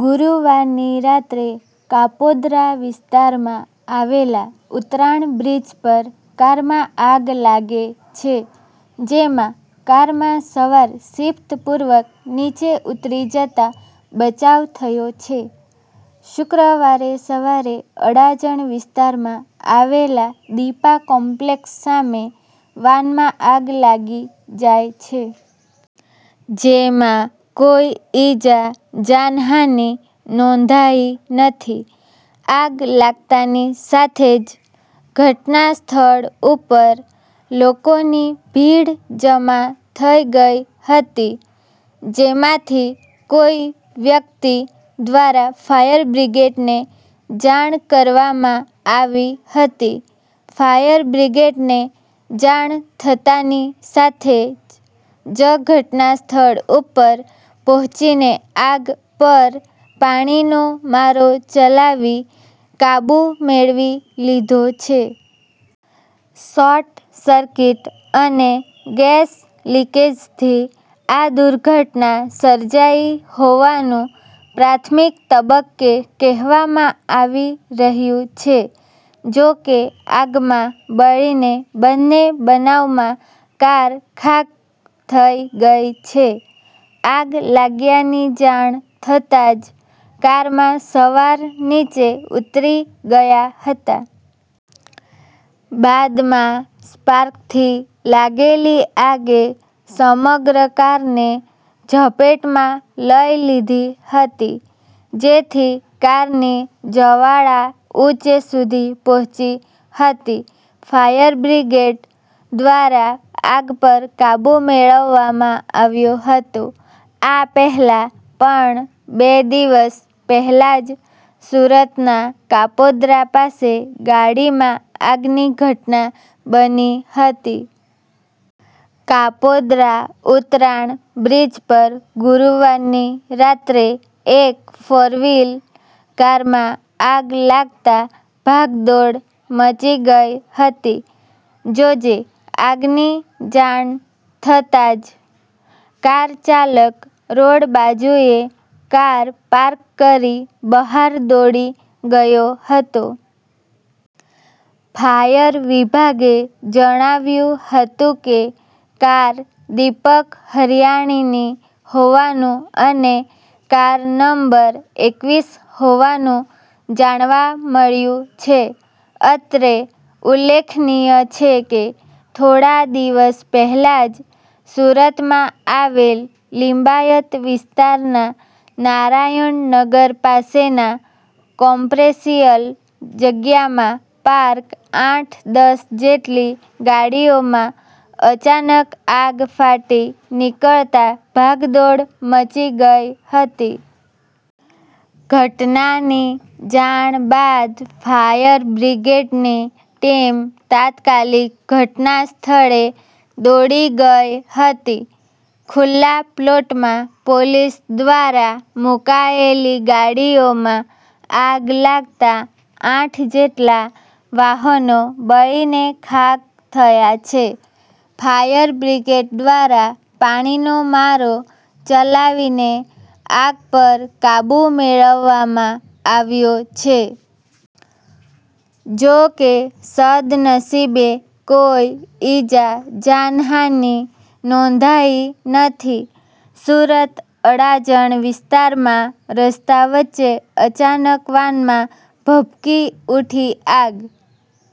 ગુરૂવારની રાત્રે કાપોદ્રા વિસ્તારમાં આવેલા ઉતરાણ બ્રિજ પર કારમાં આગ લાગે છે. જેમાં કારમાં સવાર સિફ્તપૂર્વક નીચે ઉતરી જતા બચાવ થયો છે. શુક્રવારે સવારે અડાજણ વિસ્તારમાં આવેલા દીપા કોમ્પલેક્સ સામે વાનમાં આગ લાગી જાય છે. જેમાં કોઈ ઈજા જાનહાનિ નોંધાઈ નથી. આગ લાગતાની સાથે જ ઘટના સ્થળ ઉપર લોકોની ભીડ જમા થઈ ગઈ હતી. જેમાંથી કોઈ વ્યક્તિ દ્વારા ફાયરબ્રિગેડને જાણ કરવામાં આવી હતી. ફાયરબ્રિગેડને જાણ થતાની સાથે જ ઘટના સ્થળ ઉપર પહોચીને આગ પર પાણીનો મારો ચલાવી કાબૂ મેળવી લીધો છે. શોર્ટ સર્કિટ અને ગેસ લિકેઝથી આ દુર્ઘટના સર્જાઈ હોવાનું પ્રાથમિક તબક્કે કહેવામાં આવી રહ્યું છે. જો કે આગમાં બળીને બન્ને બનાવમાં કાર ખાક થઈ ગઈ છે. આગ લાગ્યાની જાણ થતાં જ કારમાં સવાર નીચે ઉતરી ગયા હતાં. બાદમાં સ્પાર્કથી લાગેલી આગે સમગ્ર કારને ઝપેટમાં લઈ લીધી હતી. જેથી કારની જવાળા ઉંચે સુધી પહોંચી હતી. ફાયરબ્રિગેડ દ્વારા આગ પર કાબૂ મેળવવામાં આવ્યો હતો. આ પહેલા પણ બે દિવસ પહેલા જ સુરતના કાપોદ્રા પાસે ગાડીમાં આગની ઘટના બની હતી. કાપોદ્રા ઉતરાણ બ્રિજ પર ગુરુવારની રાત્રે એક ફોર વ્હીલ કારમાં આગ લાગતા ભાગદોડ મચી ગઈ હતી. જોજે આગ ની જાણ થતાં જ કાર ચાલક રોડ બાજુએ કાર પાર્ક કરી બહાર દોડી ગયો હતો. ફાયર વિભાગે જણાવ્યું હતું કે, કાર દિપક હરિયાણીની હોવાનું અને કાર નંબર એકવીસ હોવાનું જાણવા મળ્યું છે. અત્રે ઉલેખનીય છે કે, થોડા દિવસ પહેલા જ સુરતમાં આવેલ લિંબાયત વિસ્તારના નારાયણ નગર પાસેના કોમપ્રેસીયલ જગ્યામાં પાર્ક આઠ-દસ જેટલી ગાડીઓમાં અચાનક આગ ફાટી નીકળતા ભાગદોડ મચી ગઇ હતી. ઘટનાની જાણ બાદ ફાયર બ્રિગેડ ની ટીમ તાત્કાલિક ઘટના સ્થળે દોડી ગઈ હતી. ખુલ્લા પ્લોટમાં પોલીસ દ્વારા મુકાયેલી ગાડીઓમાં આગ લાગતાં આઠ જેટલા વાહનો બળીને ખાક થયા છે. ફાયરબ્રિગેડ દ્વારા પાણીનો મારો ચલાવીને આગ પર કાબૂ મેળવવામાં આવ્યો છે. જોકે, સદનસીબે કોઈ ઈજા જાન હાનિ નોંધાઈ નથી. સુરત: અડાજણ વિસ્તારમાં રસ્તા વચ્ચે અચાનક વાનમાં ભભકી ઉઠી આગ.